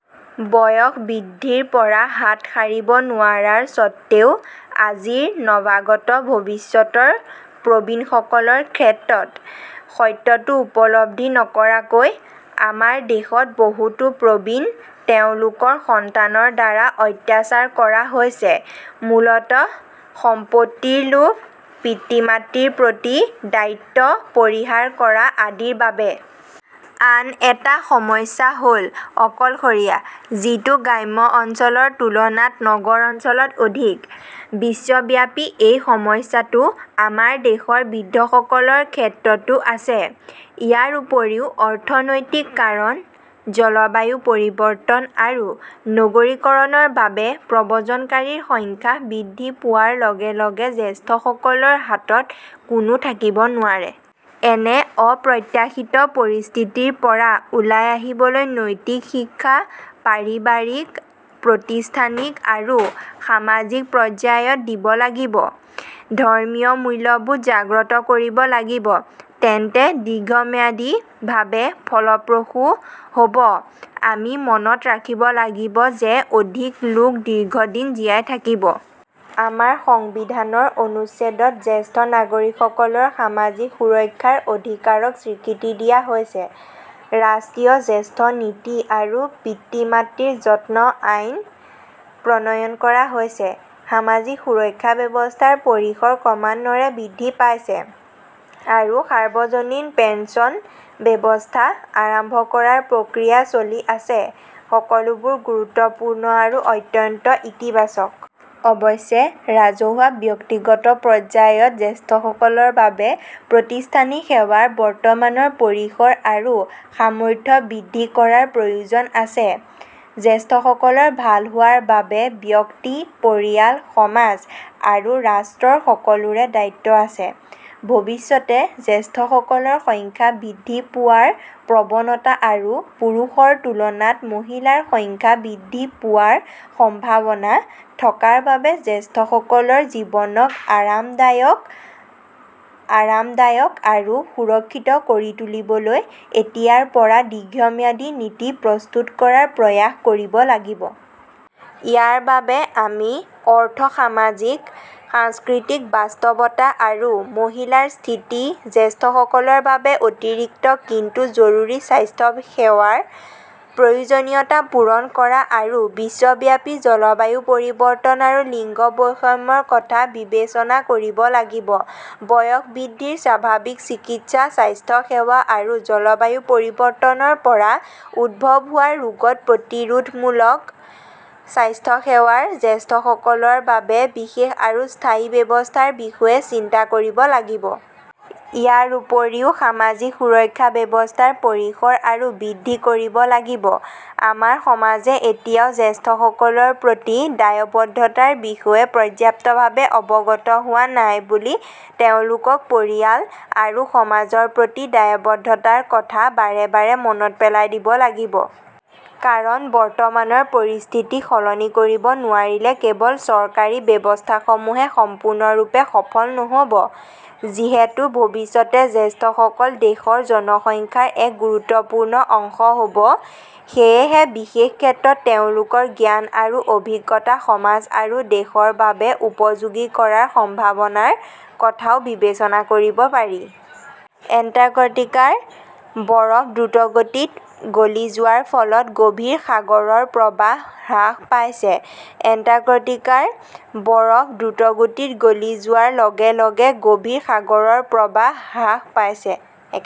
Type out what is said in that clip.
বয়স বৃদ্ধিৰ পৰা হাত সাৰিব নোৱাৰাৰ স্বত্ত্বেও আজিৰ নৱাগত ভৱিষ্যতৰ প্ৰবীণসকলৰ ক্ষেত্ৰত সত্যটো উপলব্ধি নকৰাকৈ, আমাৰ দেশত বহুতো প্ৰবীণ তেওঁলোকৰ সন্তানৰ দ্বাৰা অত্যাচাৰ কৰা হৈছে-মূলতঃ সম্পত্তিৰ লোভ, পিতৃ-মাতৃৰ প্ৰতি দায়িত্ব পৰিহাৰ কৰা আদিৰ বাবে। আন এটা সমস্যা হ "ল অকলশৰীয়া, যিটো গ্ৰাম্য অঞ্চলৰ তুলনাত নগৰ অঞ্চলত অধিক। বিশ্বব্যাপী এই সমস্যাটো আমাৰ দেশৰ বৃদ্ধসকলৰ ক্ষেত্ৰতো আছে। ইয়াৰ উপৰিও, অৰ্থনৈতিক কাৰণ, জলবায়ু পৰিৱৰ্তন আৰু নগৰীকৰণৰ বাবে প্ৰব্ৰজনকাৰীৰ সংখ্যা বৃদ্ধি পোৱাৰ লগে লগে জ্যেষ্ঠসকলৰ হাতত কোনো থাকিব নোৱাৰে। এনে অপ্ৰত্যাশিত পৰিস্থিতিৰ পৰা ওলাই আহিবলৈ নৈতিক শিক্ষা, পাৰিবাৰিক, প্ৰতিষ্ঠানিক আৰু সামাজিক পৰ্যায়ত দিব লাগিব, ধৰ্মীয় মূল্যবোধ জাগ্ৰত কৰিব লাগিব-তেন্তে দীৰ্ঘম্যাদীভাৱে ফলপ্ৰসূ হ 'ব। আমি মনত ৰাখিব লাগিব যে অধিক লোক দীৰ্ঘদিন জীয়াই থাকিব। আমাৰ সংবিধানৰ অনুচ্ছেদত জ্যেষ্ঠ নাগৰিকসকলৰ সামাজিক সুৰক্ষাৰ অধিকাৰক স্বীকৃতি দিয়া হৈছে, ৰাষ্ট্ৰীয় জ্যেষ্ঠ নীতি- আৰু পিতৃ-মাতৃৰ যত্ন আইন, প্ৰণয়ন কৰা হৈছে। সামাজিক সুৰক্ষা ব্যৱস্থাৰ পৰিসৰ ক্ৰমান্বয়ে বৃদ্ধি পাইছে আৰু সাৰ্বজনীন পেন্সন ব্যৱস্থা আৰম্ভ কৰাৰ প্ৰক্ৰিয়া চলি আছে-সকলোবোৰ গুৰুত্বপূৰ্ণ আৰু অত্যন্ত ইতিবাচক। অৱশ্যে, ৰাজহুৱা-ব্যক্তিগত পৰ্যায়ত জ্যেষ্ঠসকলৰ বাবে প্ৰতিষ্ঠানিক সেৱাৰ বৰ্তমানৰ পৰিসৰ আৰু সামৰ্থ্য বৃদ্ধি কৰাৰ প্ৰয়োজন আছে। জ্যেষ্ঠসকলৰ ভাল হোৱাৰ বাবে ব্যক্তি, পৰিয়াল, সমাজ আৰু ৰাষ্ট্ৰৰ সকলোৰে দায়িত্ব আছে। ভৱিষ্যতে জ্যেষ্ঠসকলৰ সংখ্যা বৃদ্ধি পোৱাৰ প্ৰৱণতা আৰু পুৰুষৰ তুলনাত মহিলাৰ সংখ্যা বৃদ্ধি পোৱাৰ সম্ভাৱনা থকাৰ বাবে, জ্যেষ্ঠসকলৰ জীৱনক আৰামদায়ক, আৰামদায়ক আৰু সুৰক্ষিত কৰি তুলিবলৈ এতিয়াৰ পৰা দীৰ্ঘম্যাদী নীতি প্ৰস্তুত কৰাৰ প্ৰয়াস কৰিব লাগিব। ইয়াৰ বাবে আমি অৰ্থ-সামাজিক-সাংস্কৃতিক বাস্তৱতা আৰু মহিলাৰ স্থিতি, জ্যেষ্ঠসকলৰ বাবে অতিৰিক্ত কিন্তু জৰুৰী স্বাস্থ্যসেৱাৰ প্ৰয়োজনীয়তা পূৰণ কৰা, আৰু বিশ্বব্যাপী জলবায়ু পৰিৱৰ্তন আৰু লিংগ বৈষম্যৰ কথা বিবেচনা কৰিব লাগিব। বয়স বৃদ্ধিৰ স্বাভাৱিক চিকিৎসা স্বাস্থ্যসেৱা আৰু জলবায়ু পৰিৱৰ্তনৰ পৰা উদ্ভৱ হোৱা ৰোগত প্ৰতিৰোধমূলক স্বাস্থ্যসেৱাৰ জ্যেষ্ঠসকলৰ বাবে বিশেষ আৰু স্থায়ী ব্যৱস্থাৰ বিষয়ে চিন্তা কৰিব লাগিব। ইয়াৰ উপৰিও সামাজিক সুৰক্ষা ব্যৱস্থাৰ পৰিসৰ আৰু বৃদ্ধি কৰিব লাগিব। আমাৰ সমাজে এতিয়াও জ্যেষ্ঠসকলৰ প্ৰতি দায়বদ্ধতাৰ বিষয়ে পৰ্যাপ্তভাৱে অৱগত হোৱা নাই বুলি তেওঁলোকক পৰিয়াল আৰু সমাজৰ প্ৰতি দায়বদ্ধতাৰ কথা বাৰে বাৰে মনত পেলাই দিব লাগিব। কাৰণ বৰ্তমানৰ পৰিস্থিতি সলনি কৰিব নোৱাৰিলে কেৱল চৰকাৰী ব্যৱস্থাসমূহে সম্পূৰ্ণৰূপে সফল নহ 'ব। যিহেতু ভৱিষ্যতে জ্যেষ্ঠসকল দেশৰ জনসংখ্যাৰ এক গুৰুত্বপূৰ্ণ অংশ হ 'ব, সেয়েহে বিশেষ ক্ষেত্ৰত তেওঁলোকৰ জ্ঞান আৰু অভিজ্ঞতা সমাজ আৰু দেশৰ বাবে উপযোগী কৰাৰ সম্ভাৱনাৰ কথাও বিবেচনা কৰিব পাৰি। এণ্টাৰ্কটিকাৰ বৰফ দ্ৰুতগতিত গলি যোৱাৰ ফলত গভীৰ সাগৰৰ প্ৰবাহ হ্ৰাস পাইছে এণ্টাৰ্কটিকাৰ বৰফ দ্ৰুতগতিত গলি যোৱাৰ লগে লগে গভীৰ সাগৰৰ প্ৰৱাহ হ্ৰাস পাইছে।